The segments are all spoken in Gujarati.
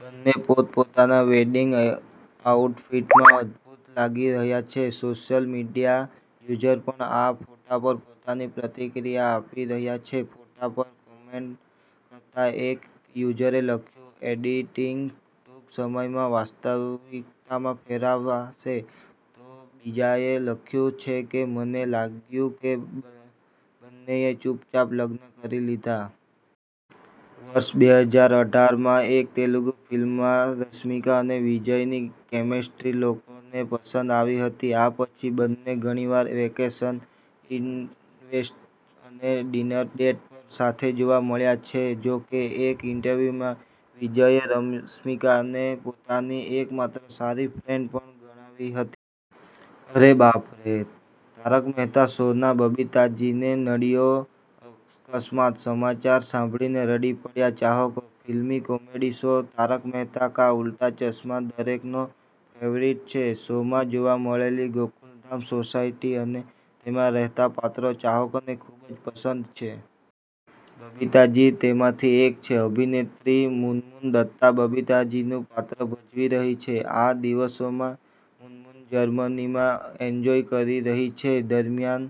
બંને પોતપોતાના વેડિંગ આય આઉટફિટમાં અદભૂત લાગી રહ્યા છે. સોશિયલ મીડિયા યુઝર પન આ ફોટા પર પોતાની પ્રતિક્રિયા આપી રહ્યા છે. ફોટા પર કોમેન્ટ કરતાં એક યુઝરે લખ્યું, 'એડિટિંગ ટૂંક સમયમાં વાસ્તવિકતામાં ફેરાવાશે'. તો બીજાએ લખ્યું છે કે, 'મને લાગ્યું કે બંનેએ ચૂપચાપ લગ્ન કરી લીધા'. વર્ષ બે હજાર અઠાર માં એક તેલુગુ ફિલ્મમાં રશ્મિકા અને વિજયની કેમેસ્ટ્રી લોકોને પસંદ આવી હતી. આ પછી બંને ઘણીવાર વેકેશન, ઈનવેસ્ટ અને ડિનર ડેટ સાથે જોવા મળ્યા છે. જો કે એક ઈન્ટરવ્યુમાં વિજયે રમિશ્કાને પોતાની એકમાત્ર સારી ફ્રેન્ડ પણ ગણાવી હતી. અરે બાપ રે! 'તારક મહેતા' શો ના બબીતાજીને નડ્યો અસ્માત, સમાચાર સાંભળીને રડી પડ્યા ચાહકો. ફિલ્મી કોમેડી શો 'તારક મહેતા કા ઉલ્ટા ચશ્મા' દરેકનો ફેવરિટ છે. શોમાં જોવા મળેલી ગોકુલધામ સોસાયટી અને તેમાં રહેતા પાત્રો ચાહકોને ખૂબ પસંદ છે. બબીતાજી તેમાંથી એક છે. અભિનેત્રી મુનમુન દત્તા બબીતા જીનું પાત્ર ભજવી રહી છે. આ દિવસોમાં મુનમુન જર્મનીમાં એન્જોય કરી રહી છે. દરમિયાન,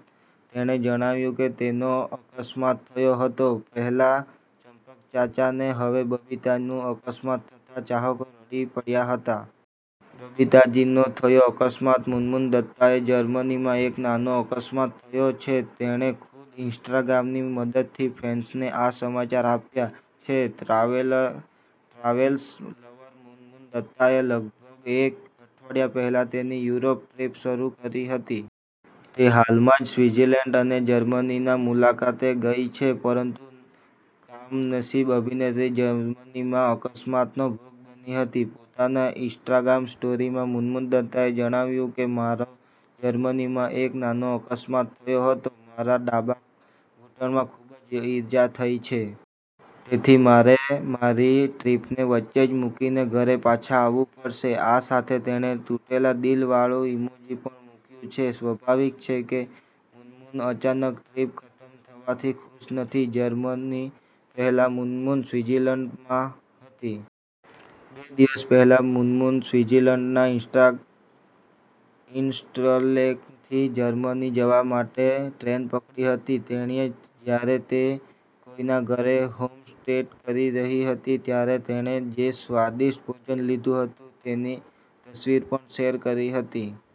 તેણે જણાવ્યું કે તેનો અકસ્માત થયો હતો. પહેલા ચાચા ને હવે બબીતાનું અકસ્માત થતા ચાહકો રડી પડ્યા હતા. બબીતાજીનો થયો અકસ્માત: મુનમુન દત્તાએ જર્મનીમાં એક નાનો અકસ્માત થયો છે. તેણે ખુદ ઈન્સ્ટાગ્રામની મદદથી ફેન્સને આ સમાચાર આપ્યા છે. ટ્રાવેલ ટ્રાવેલ્સ દત્તાએ લગભગ એક અઠવાડિયા પહેલા તેની યુરોપ ટ્રીપ શરૂ કરી હતી. તે હાલમાં જ સ્વિટ્ઝર્લેન્ડ અને જર્મનીના મુલાકાતે ગઈ છે. પરંતુ કમનસીબ અભિનેત્રી જર્મનીમાં અકસ્માતનો ભોગ બની હતી. પોતાના ઈન્સ્ટાગ્રામ સ્ટોરીમાં મુનમુન દત્તાએ જણાવ્યું કે, 'મારો જર્મનીમાં એક નાનો અકસ્માત થયો હતો. મારા ડાબા ઘૂંટણમાં ખૂબ જ ઈજા થઇ છે. તેથી મારે મારી ટ્રીપને વચ્ચે જ મુકીને ઘરે પાછા આવવું પડશે. આ સાથે તેણે તૂટેલા દિલ વાળું ઈમોજી પણ મુક્યું છે. સ્વાભાવિક છે કે મુનમુન અચાનક ટ્રીપ ખતમ થવાથી ખુશ નથી. જર્મની પહેલા મુનમુન સ્વિજીલેન્ડમાં હતી. બે દિવસ પહેલા મુનમુન સ્વિજીલેન્ડના ઈનસ્ટા ઈન્ટરલેકથી જર્મની જવા માટે ટ્રેન પકડી હતી. તેણીએ જ્યારે તે કોઈના ઘરે હોમસ્ટે કરી રહી હતી ત્યારે તેણે જે સ્વાદિષ્ટ ભોજન લીધું હતું તેની તસવીર પણ શેર કરી હતી.